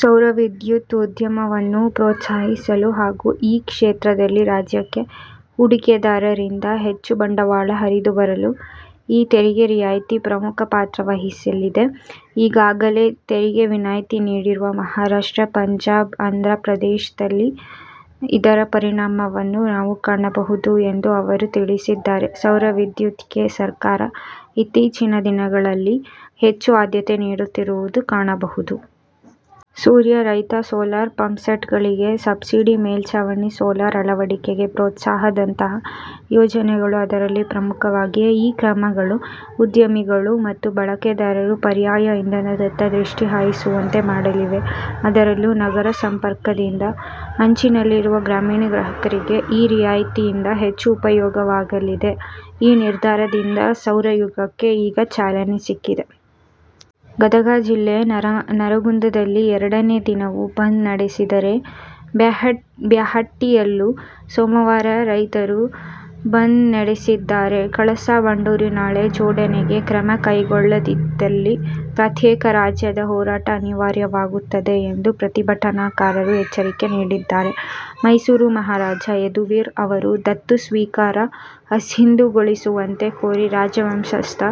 ಸೌರವಿದ್ಯುತ್ ಉದ್ಯಮವನ್ನು ಪ್ರೋತ್ಸಾಹಿಸಲು ಹಾಗೂ ಈ ಕ್ಷೇತ್ರದಲ್ಲಿ ರಾಜ್ಯಕ್ಕೆ ಹೂಡಿಕೆದಾರರಿಂದ ಹೆಚ್ಚು ಬಂಡವಾಳ ಹರಿದು ಬರಲು ಈ ತೆರಿಗೆ ರಿಯಾಯ್ತಿ ಪ್ರಮುಖ ಪಾತ್ರ ವಹಿಸಲಿದೆ. ಈಗಾಗಲೇ ತೆರಿಗೆ ವಿನಾಯ್ತಿ ನೀಡಿರುವ ಮಹಾರಾಷ್ಟ್ರ, ಪಂಜಾಬ್, ಆಂಧ್ರಪ್ರದೇಶದಲ್ಲಿ ಇದರ ಪರಿಣಾಮವನ್ನು ನಾವು ಕಾಣಬಹುದು ಎಂದು ಅವರು ತಿಳಿಸಿದ್ದಾರೆ. ಸೌರವಿದ್ಯುತ್ಗೆ ಸರ್ಕಾರ ಇತ್ತೀಚಿನ ದಿನಗಳಲ್ಲಿ ಹೆಚ್ಚು ಆದ್ಯತೆ ನೀಡುತ್ತಿರುವುದನ್ನು ಕಾಣಬಹುದು. ಸೂರ್ಯ ರೈತ, ಸೋಲಾರ್ ಪಂಪ್ಸೆಟ್ಗಳಿಗೆ ಸಬ್ಸಿಡಿ, ಮೇಲ್ಛಾವಣಿ ಸೋಲಾರ್ ಅಳವಡಿಕೆಗೆ ಪ್ರೋತ್ಸಾಹದಂತಹ ಯೋಜನೆಗಳು ಅದರಲ್ಲಿ ಪ್ರಮುಖವಾಗಿವೆ. ಈ ಕ್ರಮಗಳು ಉದ್ಯಮಿಗಳು ಮತ್ತು ಬಳಕೆದಾರರು ಪರ್ಯಾಯ ಇಂಧನದತ್ತ ದೃಷ್ಟಿ ಹಾಯಿಸುವಂತೆ ಮಾಡಲಿವೆ. ಅದರಲ್ಲೂ ನಗರ ಸಂಪರ್ಕದಿಂದ ಅಂಚಿನಲ್ಲಿರುವ ಗ್ರಾಮೀಣ ಗ್ರಾಹಕರಿಗೆ ಈ ರಿಯಾಯ್ತಿಯಿಂದ ಹೆಚ್ಚು ಉಪಯೋಗವಾಗಲಿದೆ. ಈ ನಿರ್ಧಾರದಿಂದ ಸೌರಯುಗಕ್ಕೆ ಈಗ ಚಾಲನೆ ಸಿಕ್ಕಿದೆ. ಗದಗ ಜಿಲ್ಲೆ ನರಗುಂದದಲ್ಲಿ ಎರಡನೇ ದಿನವೂ ಬಂದ್ ನಡೆಸಿದರೆ, ಬ್ಯಾಹಟ್ಟಿಯಲ್ಲೂ ಸೋಮವಾರ ರೈತರು ಬಂದ್ನಡೆಸಿದ್ದಾರೆ. ಕಳಸಾ ಬಂಡೂರಿ ನಾಲೆ ಜೋಡಣೆಗೆ ಕ್ರಮ ಕೈಗೊಳ್ಳದಿದ್ದಲ್ಲಿ ಪ್ರತ್ಯೇಕ ರಾಜ್ಯದ ಹೋರಾಟ ಅನಿವಾರ್ಯವಾಗುತ್ತದೆ ಎಂದು ಪ್ರತಿಭಟನಾಕಾರರು ಎಚ್ಚರಿಕೆ ನೀಡಿದ್ದಾರೆ. ಮೈಸೂರು ಮಹಾರಾಜ ಯದುವೀರ್ ಅವರ ದತ್ತು ಸ್ವೀಕಾರ ಅಸಿಂಧುಗೊಳಿಸುವಂತೆ ಕೋರಿ ರಾಜವಂಶಸ್ಥ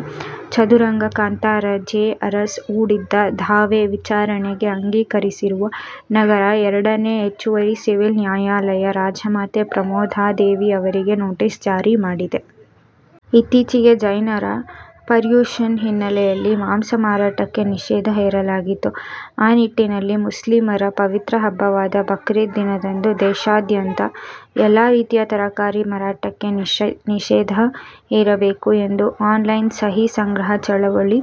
ಚದುರಂಗ ಕಾಂತರಾಜೇ ಅರಸ್ ಹೂಡಿದ್ದ ದಾವೆ ವಿಚಾರಣೆಗೆ ಅಂಗೀಕರಿಸಿರುವ ನಗರ ಎರಡನೇ ಹೆಚ್ಚುವರಿ ಸಿವಿಲ್ ನ್ಯಾಯಾಲಯ ರಾಜಮಾತೆ ಪ್ರಮೋದಾದೇವಿ ಅವರಿಗೆ ನೋಟಿಸ್ ಜಾರಿ ಮಾಡಿದೆ. ಇತ್ತೀಚೆಗೆ ಜೈನರ ಪರ್ಯೂಷನ್ ಹಿನ್ನೆಲೆಯಲ್ಲಿ ಮಾಂಸ ಮಾರಾಟಕ್ಕೆ ನಿಷೇಧ ಹೇರಲಾಗಿತ್ತು. ಆ ನಿಟ್ಟಿನಲ್ಲಿ ಮುಸ್ಲಿಮರ ಪವಿತ್ರ ಹಬ್ಬವಾದ ಬಕ್ರೀದ್ ದಿನದಂದು ದೇಶಾದ್ಯಂತ ಎಲ್ಲಾ ರೀತಿಯ ತರಕಾರಿ ಮಾರಾಟಕ್ಕೆ ನಿಷೇಧ ಹೇರಬೇಕು ಎಂದು ಆನ್ ಲೈನ್ ಸಹಿ ಸಂಗ್ರಹ ಚಳವಳಿ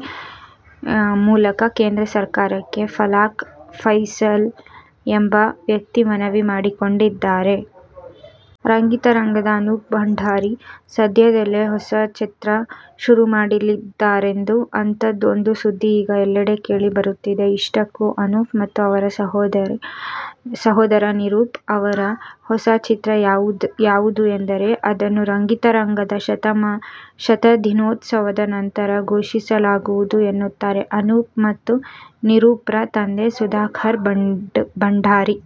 ಮೂಲಕ ಕೇಂದ್ರ ಸರ್ಕಾರಕ್ಕೆ ಫಲಾಹ್ ಫೈಸಲ್ ಎಂಬ ವ್ಯಕ್ತಿ ಮನವಿ ಮಾಡಿಕೊಂಡಿದ್ದಾರೆ! ರಂಗಿತರಂಗದ ಅನೂಪ್ ಭಂಡಾರಿ ಸದ್ಯದಲ್ಲೇ ಹೊಸ ಚಿತ್ರ ಶುರು ಮಾಡಲಿದ್ದಾರಂತೆ. ಅಂಥದ್ದೊಂದು ಸುದ್ದಿ ಈಗ ಎಲ್ಲೆಡೆ ಕೇಳಿ ಬರುತ್ತಿದೆ. ಇಷ್ಟಕ್ಕೂ ಅನೂಪ್ ಮತ್ತು ಅವರ ಸಹೋದರ ನಿರೂಪ್ ಅವರ ಹೊಸ ಚಿತ್ರ ಯಾವುದು ಎಂದರೆ, ಅದನ್ನು "ರಂಗಿತರಂಗ'ದ ಶತದಿನೋತ್ಸವದ ನಂತರ ಘೋಷಿಸಲಾಗುವುದು ಎನ್ನುತ್ತಾರೆ ಅನೂಪ್ ಮತ್ತು ನಿರೂಪ್ರ ತಂದೆ ಸುಧಾಕರ್ ಭಂಡಾರಿ.